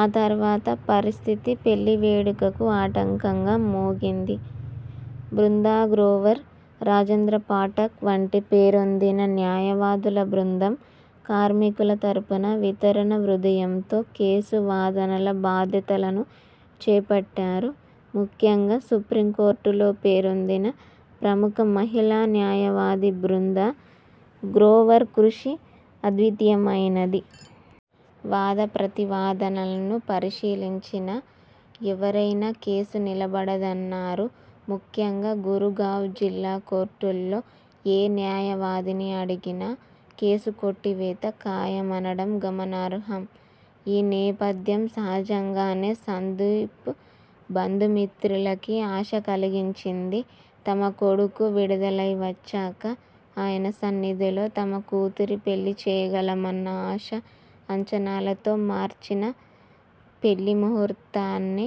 ఆ తర్వాత పరిస్థితి పెళ్ళి వేడుకకు ఆటంకంగా మోగింది. బృందా గ్రోవర్, రాజేంద్ర పాఠక్ వంటి పేరొందిన న్యాయవాదుల బృందం, కార్మికుల తరపున వితరణ హృదయంతో కేసు వాదనల బాధ్యతలను చేపట్టారు. ముఖ్యంగా సుప్రీం కోర్టులో పేరొందిన ప్రముఖ మహిళా న్యాయవాది బృందా గ్రోవర్ కృషి అద్వితీయమైనది. వాద ప్రతివాదనలను పరిశీలించిన ఎవరైనా కేసు నిలబడదన్నారు. ముఖ్యంగా గురుగావ్ జిల్లా కోర్టులో ఏ న్యాయవాదిని అడిగినా కేసు కొట్టివేత ఖాయమనడం గమనార్హం. ఈ నేపథ్యం, సహజంగానే సందీప్ బంధుమిత్రులకీ ఆశ కలిగించింది. తమ కొడుకు విడుదలై వచ్చాక ఆయన సన్నిధిలో తమ కూతురి పెళ్ళి చేయగలమన్న ఆశ, అంచనాలతో మార్చి న పెళ్ళి ముహుర్తాన్ని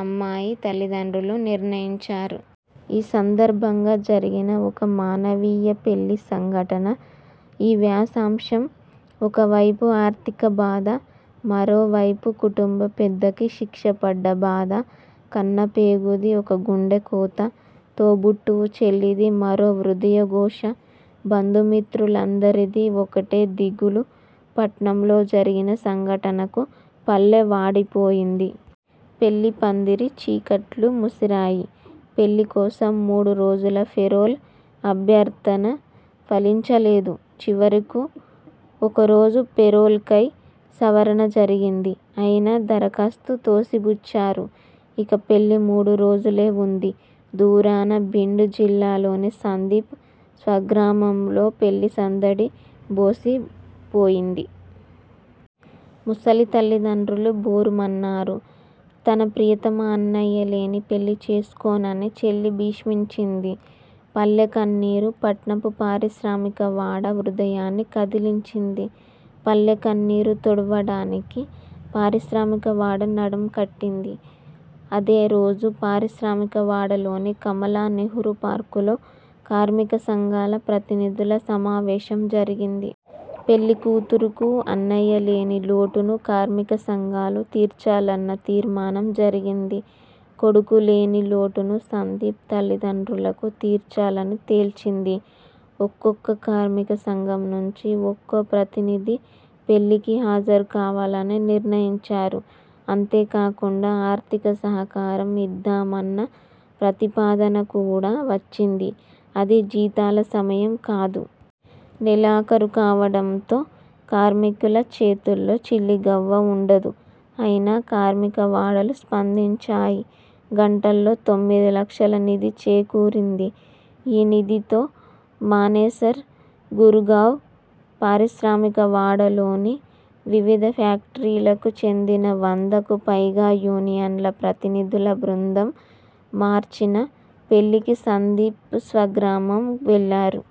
అమ్మాయి తల్లిదండ్రులు నిర్ణయించారు. ఈ సందర్భంగా జరిగిన ఒక మానవీయ పెళ్ళి సంఘటన ఈ వ్యాసాంశం. ఒకవైపు ఆర్థిక బాధ. మరోవైపు కుటుంబ పెద్దకి శిక్షపడ్డ బాధ. కన్న పేగుది ఒక గుండెకోత. తోబుట్టు చెల్లిది మరో హృదయ ఘోష. బంధుమిత్రులందరిదీ ఒకటే దిగులు. పట్నంలో జరిగిన సంఘటనకు పల్లె వాడి పోయింది. పెళ్ళి పందిరి చీకట్లు ముసిరాయి. పెళ్ళి కోసం మూడు రోజుల పెరోల్ అభ్యర్థన ఫలించలేదు. చివరకు ఒక్కరోజు పేరోల్కై సవరణ జరిగింది. అయినా దరఖాస్తు తోసిపుచ్చారు. ఇక పెళ్ళి మూడు రోజులే వుంది. దూరాన బిండ్ జిల్లాలోని సందీప్ స్వగ్రామంలో పెళ్ళి సందడి బోసి బోయింది. ముసలి తల్లిదండ్రులు బోరుమన్నారు. తన ప్రియతమ అన్నయ్యలేని పెళ్ళి చేసుకోనని చెల్లి భీష్మించింది. పల్లె కన్నీరు, పట్నపు పారిశ్రామిక వాడ హృదయాన్ని కదిలించింది. పల్లె కన్నీరు తుడవడానికి పారిశ్రామికవాడ నడుం గట్టింది. అదే రోజు పారిశ్రామిక వాడలోని కమలా నెహ్రూ పార్కులో కార్మిక సంఘాల ప్రతినిధుల సమావేశం జరిగింది. పెళ్ళి కూతురుకు అన్నయ్యలేని లోటును కార్మిక సంఘాలు తీర్చాలన్న తీర్మానం జరిగింది. కొడుకులేని లోటును సందీప్ తల్లిదండ్రులకు తీర్చాలని తేల్చింది. ఒక్కొక్క కార్మిక సంఘం నుంచి ఒక్కో ప్రతినిధి పెళ్ళికి హాజరు కావాలని నిర్ణయించారు. అంతేకాకుండా ఆర్థిక సహకారం ఇద్దామన్న ప్రతిపాదన కూడా వచ్చింది. అది జీతాల సమయం కాదు. నెలాఖరు కావడంతో కార్మికుల చేతుల్లో చిల్లిగవ్వ వుండదు. అయినా కార్మికవాడలు స్పందించాయి. గంటల్లో తొమ్మిది లక్షల నిధి చేకూరింది. ఈ నిధితో మానేసర్ గురుగావ్ పారిశ్రామిక వాడలలోని వివిధ ఫ్యాక్టరీలకు చెందిన వందకు పైగా యూనియన్ల ప్రతినిధుల బృందం మార్చి న పెళ్ళికి సందీప్ స్వగ్రామం వెళ్ళారు.